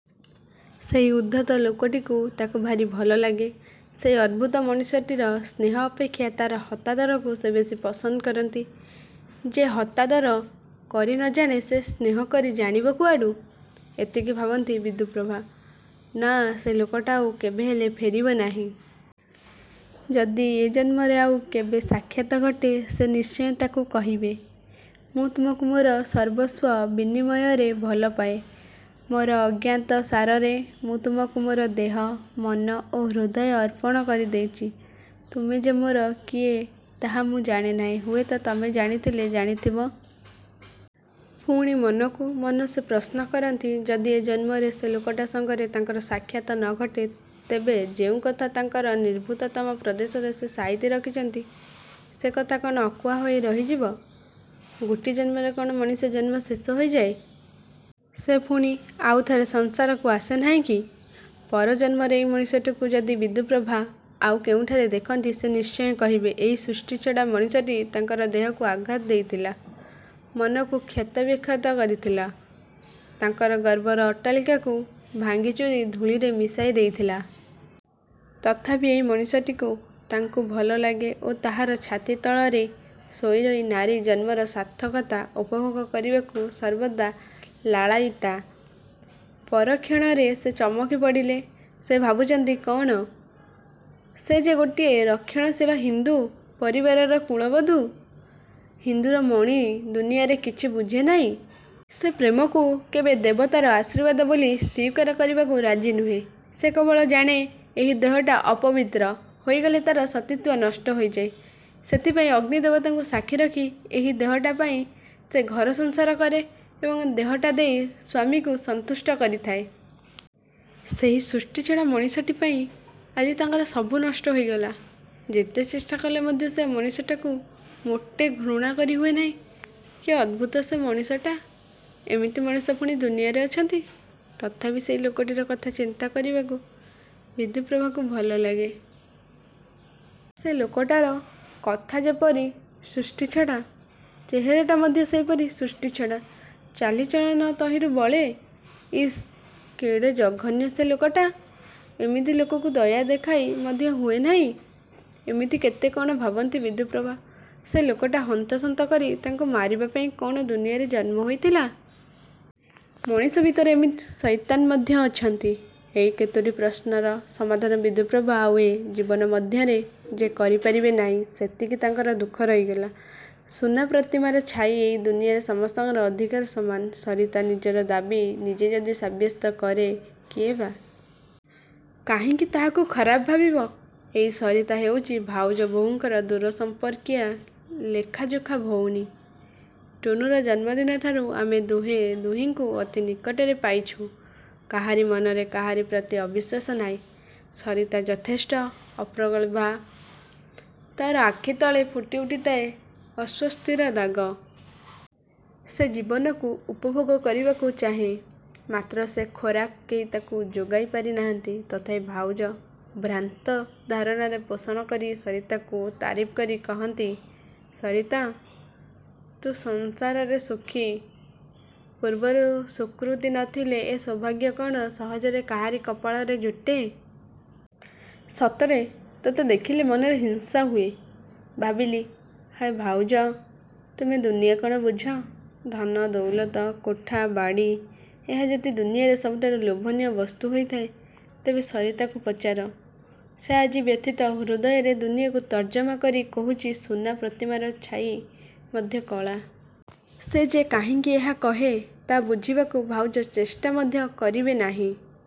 ସେହି ଉଦ୍ଧତ ଲୋକଟିକୁ ତାକୁ ଭାରି ଭଲଲାଗେ। ସେହି ଅଦ୍ଭୁତ ମଣିଷଟିର ସ୍ନେହ ଅପେକ୍ଷା ତାହାର ହତାଦରକୁ ସେ ବେଶି ପସନ୍ଦ କରନ୍ତି। ଯେ ହତାଦର କରି ନ ଜାଣେ, ସେ ସ୍ନେହକରି ଜାଣିବ କୁଆଡ଼ୁ? ଏତିକି ଭାବନ୍ତି ବିଦ୍ୟୁପ୍ରଭା। ନା, ସେ ଲୋକଟା ଆଉ କେବେହେଲେ ଫେରିବ ନାହିଁ। ଯଦି ଏ ଜନ୍ମରେ ଆଉ କେବେ ସାକ୍ଷାତ ଘଟେ ସେ ନିଶ୍ଚୟ ତାକୁ କହିବେ, ''ମୁଁ ତୁମକୁ ମୋର ସର୍ବସ୍ୱ ବିନିମୟରେ ଭଲପାଏ। ମୋର ଅଜ୍ଞାତସାରରେ ମୁଁ ତୁମକୁ ମୋର ଦେହ, ମନ ଓ ହୃଦୟ ଅର୍ପଣ କରିଦେଇଛି। ତୁମେ ଯେ ମୋର କିଏ ତାହା ମୁଁ ଜାଣେନାହିଁ, ହୁଏତ ତୁମେ ଜାଣିଥିଲେ ଜାଣିଥିବ। '' ପୁଣି ମନକୁ ମନ ସେ ପ୍ରଶ୍ନ କରନ୍ତି ଯଦି ଏ ଜନ୍ମରେ ସେ ଲୋକଟା ସଙ୍ଗରେ ତାଙ୍କର ସାକ୍ଷାତ ନ ଘଟେ ତେବେ ଯେଉଁକଥା ତାଙ୍କର ନିଭୃତତମ ପ୍ରଦେଶରେ ସେ ସାଇତି ରଖିଛନ୍ତି ସେ କଥା କ'ଣ ଅକୁହା ହୋଇ ରହିଯିବ? ଗୋଟିଏ ଜନ୍ମରେ କ'ଣ ମଣିଷ ଜନ୍ମ ଶେଷ ହୋଇଯାଏ? ସେ ପୁଣି ଆଉଥରେ ସଂସାରକୁ ଆସେ ନାହିଁ କି? ପରଜନ୍ମରେ ଏହି ମଣିଷଟିକୁ ଯଦି ବିଦ୍ୟୁପ୍ରଭା ଆଉ କେଉଁଠାରେ ଦେଖନ୍ତି ସେ ନିଶ୍ଚୟ କହିବେ ଏହି ସୃଷ୍ଟିଛଡ଼ା ମଣିଷଟି ତାଙ୍କର ଦେହକୁ ଆଘାତ ଦେଇଥିଲା। ମନକୁ କ୍ଷତବିକ୍ଷତ କରିଥିଲା। ତାଙ୍କର ଗର୍ବର ଅଟ୍ଟାଳିକାକୁ ଭାଙ୍ଗିଚୂରି ଧୂଳିରେ ମିଶାଇ ଦେଇଥିଲା। ତଥାପି ଏହି ମଣିଷଟିକୁ ତାଙ୍କୁ ଭଲଲାଗେ ଓ ତାହାର ଛାତି ତଳରେ ଶୋଇରହି ନାରୀ ଜନ୍ମର ସାର୍ଥକତା ଉପଭୋଗ କରିବାକୁ ସର୍ବଦା ଲାଳାୟୀତା। ପରକ୍ଷଣରେ ସେ ଚମକି ପଡ଼ିଲେ। ସେ ଭାବୁଛନ୍ତି କ'ଣ? ସେ ଯେ ଗୋଟିଏ ରକ୍ଷଣଶୀଳ ହିନ୍ଦୁ ପରିବାରର କୁଳବଧୂ। ହିନ୍ଦୁରମଣୀ ଦୁନିଆରେ କିଛି ବୁଝେନାହିଁ। ସେ ପ୍ରେମକୁ କେବେ ଦେବତାର ଆଶୀର୍ବାଦ ବୋଲି ସ୍ୱୀକାର କରିବାକୁ ରାଜି ନୁହେଁ। ସେ କେବଳ ଜାଣେ ଏହି ଦେହଟା ଅପବିତ୍ର ହୋଇଗଲେ ତା'ର ସତୀତ୍ୱ ନଷ୍ଟ ହୋଇଯାଏ। ସେଥିପାଇଁ ଅଗ୍ନିଦେବତାଙ୍କୁ ସାକ୍ଷୀ ରଖି ଏହି ଦେହଟା ପାଇଁ ସେ ଘରସଂସାର କରେ ଏବଂ ଦେହଟା ଦେଇ ସ୍ୱାମୀକୁ ସନ୍ତୁଷ୍ଟ କରିଥାଏ। ସେହି ସୃଷ୍ଟିଛଡ଼ା ମଣିଷଟିପାଇଁ ଆଜି ତାଙ୍କର ସବୁ ନଷ୍ଟ ହୋଇଗଲା। ଯେତେ ଚେଷ୍ଟାକଲେ ମଧ୍ୟ ସେ ମଣିଷଟିକୁ ମୋଟେ ଘୃଣା କରିହୁଏ ନାହିଁ। କି ଅଦ୍ଭୁତ ସେ ମଣିଷଟା! ଏମିତି ମଣିଷ ପୁଣି ଦୁନିଆରେ ଅଛନ୍ତି? ତଥାପି ସେହି ଲୋକଟିର କଥା ଚିନ୍ତା କରିବାକୁ ବିଦ୍ୟୁପ୍ରଭାକୁ ଭଲଲାଗେ। ସେ ଲୋକଟାର କଥା ଯେପରି ସୃଷ୍ଟିଛଡ଼ା, ଚେହେରାଟା ମଧ୍ୟ ସେହିପରି ସୃଷ୍ଟିଛଡ଼ା। ଚାଲିଚଳନ ତହିଁରୁ ବଳେ। ଇସ୍, କେଡ଼େ ଜଘନ୍ୟ ସେ ଲୋକଟା। ଏମିତି ଲୋକକୁ ଦୟା ଦେଖାଇ ମଧ୍ୟ ହୁଏ ନାହିଁ। ଏମିତି କେତେ କ'ଣ ଭାବନ୍ତି ବିଦ୍ୟୁପ୍ରଭା। ସେ ଲୋକଟା ହନ୍ତସନ୍ତ କରି ତାଙ୍କୁ ମାରିବା ପାଇଁ କ'ଣ ଦୁନିଆରେ ଜନ୍ମ ହୋଇଥିଲା-? ମଣିଷ ଭିତରେ ଏମିତି ସୟତାନ୍ ମଧ୍ୟ ଅଛନ୍ତି? ଏହି କେତୋଟି ପ୍ରଶ୍ନର ସମାଧାନ ବିଦ୍ୟୁପ୍ରଭା ଆଉ ଏ ଜୀବନ ମଧ୍ୟରେ ଯେ କରିପାରିବେ ନାହିଁ ସେତିକି ତାଙ୍କର ଦୁଃଖ ରହିଗଲା। ସୁନା ପ୍ରତିମାର ଛାଇ ଏହି ଦୁନିଆରେ ସମସ୍ତଙ୍କର ଅଧିକାର ସମାନ। ସରିତା ନିଜର ଦାବି ନିଜେ ଯଦି ସାବ୍ୟସ୍ତ କରେ କିଏ ବା। କାହିଁକି ତାହାକୁ ଖରାପ ଭାବିବ? ଏହି ସରିତା ହେଉଛି ଭାଉଜ ବୋହୂଙ୍କର ଦୂରସମ୍ପର୍କୀୟା ଲେଖାଯୋଖା ଭଉଣୀ। ଟୁନୁର ଜନ୍ମଦିନଠାରୁ ଆମେ ଦୁହେଁ ଦୁହିଁଙ୍କୁ ଅତି ନିକଟରେ ପାଇଛୁଁ। କାହାରି ମନରେ କାହାରି ପ୍ରତି ଅବିଶ୍ୱାସ ନାହିଁ। ସରିତା ଯଥେଷ୍ଟ ଅପ୍ରଗଳ୍ଭା। ତା'ର ଆଖି ତଳେ ଫୁଟି ଉଠିଥାଏ ଅସ୍ୱସ୍ତିର ଦାଗ। ସେ ଜୀବନକୁ ଉପଭୋଗ କରିବାକୁ ଚାହେଁ, ମାତ୍ର ସେ ଖୋରାକ କେହି ତାକୁ ଯୋଗାଇ ପାରିନାହାନ୍ତି। ତଥାପି ଭାଉଜ ଭ୍ରାନ୍ତ ଧାରଣା ପୋଷଣକରି ସରିତାକୁ ତାରିଫ୍ କରି କହନ୍ତି, ''ସରିତା! ତୁ ସଂସାରରେ ସୁଖୀ। ପୂର୍ବରୁ ସୁକୃତି ନ ଥିଲେ ଏ ସୌଭାଗ୍ୟ କ'ଣ ସହଜରେ କାହାରି କପାଳରେ ଯୁଟେ? ସତରେ ତୋତେ ଦେଖିଲେ ମନରେ ହିଂସା ହୁଏ। '' ଭାବିଲି ହାୟ ଭାଉଜ! ତୁମେ ଦୁନିଆ କ'ଣ ବୁଝ? ଧନ, ଦୌଲତ, କୋଠା-ବାଡ଼ି, ଏହା ଯଦି ଦୁନିଆରେ ସବୁଠାରୁ ଲୋଭନୀୟ ବସ୍ତୁ ହୋଇଥାଏ ତେବେ ସରିତାକୁ ପଚାର, ସେ ଆଜି ବ୍ୟଥିତ ହୃଦୟରେ ଦୁନିଆକୁ ତର୍ଜମା କରି କହୁଛି ସୁନା ପ୍ରତିମାର ଛାଇ ମଧ୍ୟ କଳା। ସେ ଯେ କାହିଁକି ଏହା କହେ ତାହା ବୁଝିବାକୁ ଭାଉଜ ଚେଷ୍ଟା ମଧ୍ୟ କରିବେ ନାହିଁ।